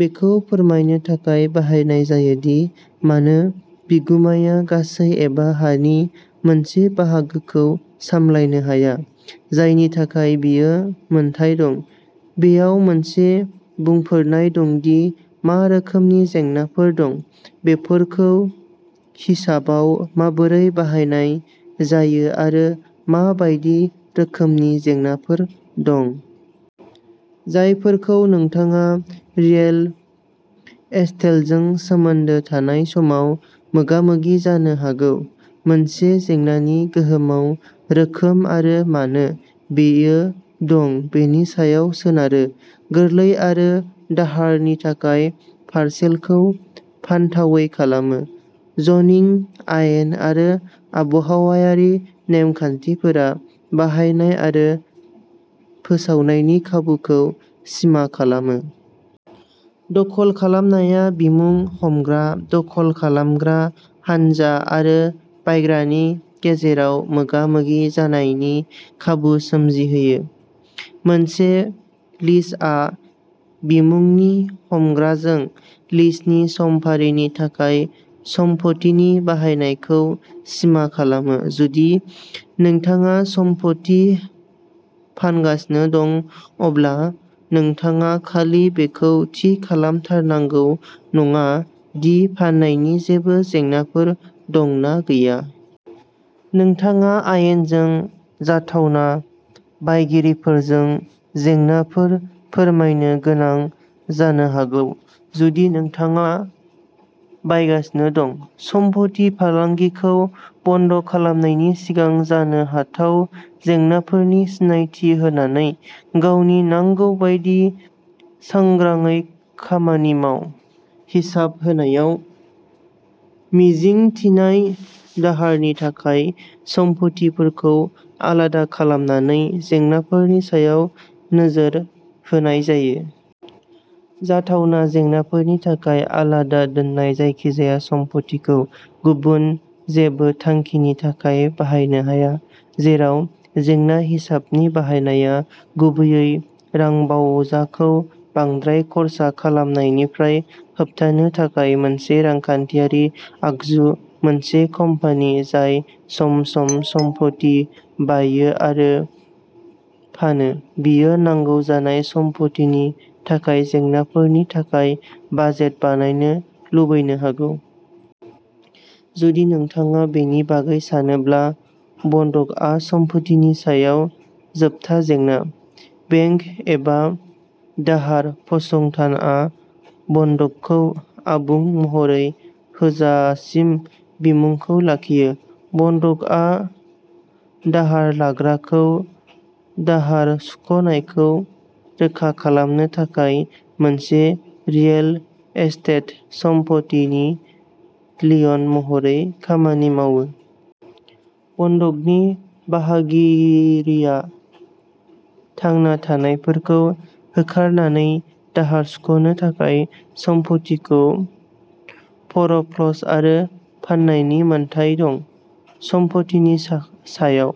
बेखौ फोरमायनो थाखाय बाहायनाय जायो दि मानो बिगुमाया गासै एबा हानि मोनसे बाहागोखौ सामलायनो हाया। जायनि थाखाय बियो मोनथाय दं। बेयाव मोनसे बुंफोरनाय दं दि मा रोखोमनि जेंनाफोर दं। बेफोरखौ हिसाबाव माबोरै बाहायनाय जायो आरो मा बायदि रोखोमनि जेंनाफोर दं। जायफोरखौ नोंथाङा रियेल एस्टेलजों सोमोन्दो थानाय समाव मोगा-मोगि जानो हागौ। मोनसे जेंनानि गोहोमआव रोखोम आरो मानो बेयो दं बेनि सायाव सोनारो। गोरलै आरो दाहारनि थाखाय पारसेलखौ फानथावै खालामो। जनिं आयेन आरो आबहावायारि नेम-खान्थिफोरा बाहायनाय आरो फोसावनायनि खाबुफोरखौ सिमा खालामो। दखल खालामनाया बिमुं-हमग्रा दखल खालामग्रा हानजा आरो बायग्रानि गेजेराव मोगा-मोगि जानायनि खाबु सोमजिहोयो। मोनसे लिजआ बिमुंनि हमग्राजों लिजनि समफारिनि थाखाय सम्पथिनि बाहायनायखौ सिमा खालामो। जुदि नोंथाङा सम्पथि फानगासिनो दं। अब्ला नोंथाङा खालि बेखौ थि खालामथारनांगौ नङा दि फाननायनि जेबो जेंनाफोर दं ना गैया। नोंथाङा आयेनजों जाथावना बायगिरिफोरजों जेंनाफोर फोरमायनो गोनां जानो हागौ। जुदि नोंथाङा बायगासिनो दं। सम्फथि फालांगिखौ बन्द खालामनायनि सिगां जानो हाथाव जेंनाफोरनि सिनायथि होनानै गावनि नांगौ बायदि सांग्राङै खामानि माव। हिसाब होनायाव मिजिंथिनाय दाहारनि थाखाय सम्फथिफोरखौ आलादा खालामनानै जेंनाफोरनि सायाव नोजोर होनाय जायो। जाथावना जेंनाफोरनि थाखाय आलादा दोननाय जायखिजाया सम्फथिखौ गुबुन जेबो थांखिनि थाखाय बाहायनो हाया। जेराव जेंना हिसाबनि बाहायनाया गुबैयै रांबावजाखौ बांद्राय खर्सा खालामनायनिफ्राय होबथानो थाखाय मोनसे रांखान्थियारि आगजु मोनसे कम्पानि जाय सम-सम सम्फथि बायो आरो फानो बियो नांगौ जानाय सम्फथिनि थाखाय जेंनाफोरनि थाखाय बाजेट बानायनो लुबैनो हागौ। जुदि नोंथाङा बेनि बागै सानोब्ला बन्दकआ सम्पथिनि सायाव जोबथा जेंना। बेंक एबा दाहार फसंथानआ बन्दकखौ आबुं महरै होजासिम बिमुंखौ लाखियो। बन्दकआ दाहार लाग्राखौ दाहार सुख'नायखौ रोखा खालामनो थाखाय मोनसे रियेल एस्टेट सम्पथिनि लियन महरै खामानि मावो। बन्दकनि बाहागिरिया थांना थानायफोरखौ होखारनानै दाहार सुख'नो थाखाय सम्फथिखौ फ'रक्ल'ज आरो फाननायनि मोन्थाइ दं। सम्फथिनि सा सायाव।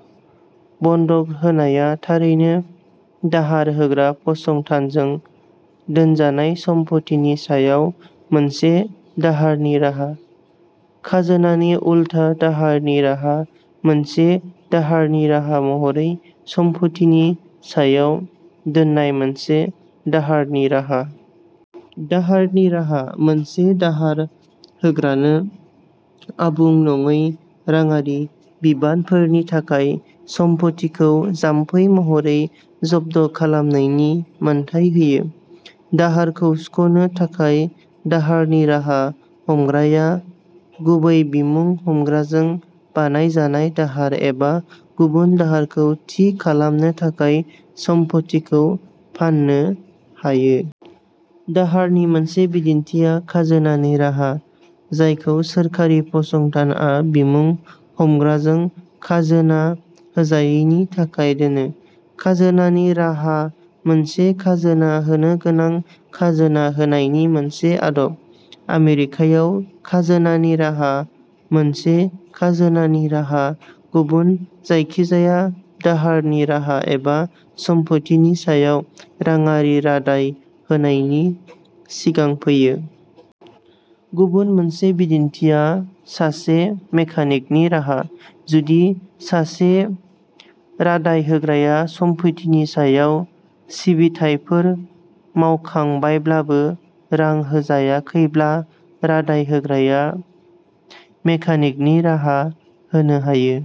बन्दक होनाया थारैनो दाहार होग्रा फसंथानजों दोनजानाय सम्फथिनि सायाव मोनसे दाहारनि राहा। खाजोनानि उल्था दाहारनि राहा मोनसे दाहारनि राहा महरै सम्फथिनि सायाव दोननाय मोनसे दाहारनि राहा। दाहारनि राहा मोनसे दाहार होग्रानो आबुं नङै राङारि बिबानफोरनि थाखाय सम्फथिखौ जामफै महरै जब्द खालामनायनि मोन्थाइ होयो। दाहारखौ सुख'नो थाखाय दाहारनि राहा हमग्राया गुबै बिमुं हमग्राजों बानायजानाय दाहार एबा गुबुन दाहारखौ थि खालामनो थाखाय सम्फथिखौ फान्नो हायो। दाहारनि मोनसे बिदिन्थिआ खाजोनानि राहा जायखौ सोरखारि फसंथानआ बिमुं हमग्राजों खाजोना होजायैनि थाखाय दोनो। खाजोनानि राहा मोनसे खाजोना होनोगोनां खाजोना होनायनि मोनसे आदब। आमेरिकायाव खाजोनानि राहा मोनसे खाजोनानि राहा गुबुन जायखिजाया दाहारनि राहा एबा सम्फथिनि सायाव राङारि रादाय होनायनि सिगां फैयो। गुबुन मोनसे बिदिन्थिआ सासे मेकानिकनि राहा। जुदि सासे रादाय होग्राया सम्फथिनि सायाव सिबिथायफोर मावखांबायब्लाबो रां होजायाखैब्ला रादाय होग्राया मेकानिकनि राहा होनो हायो।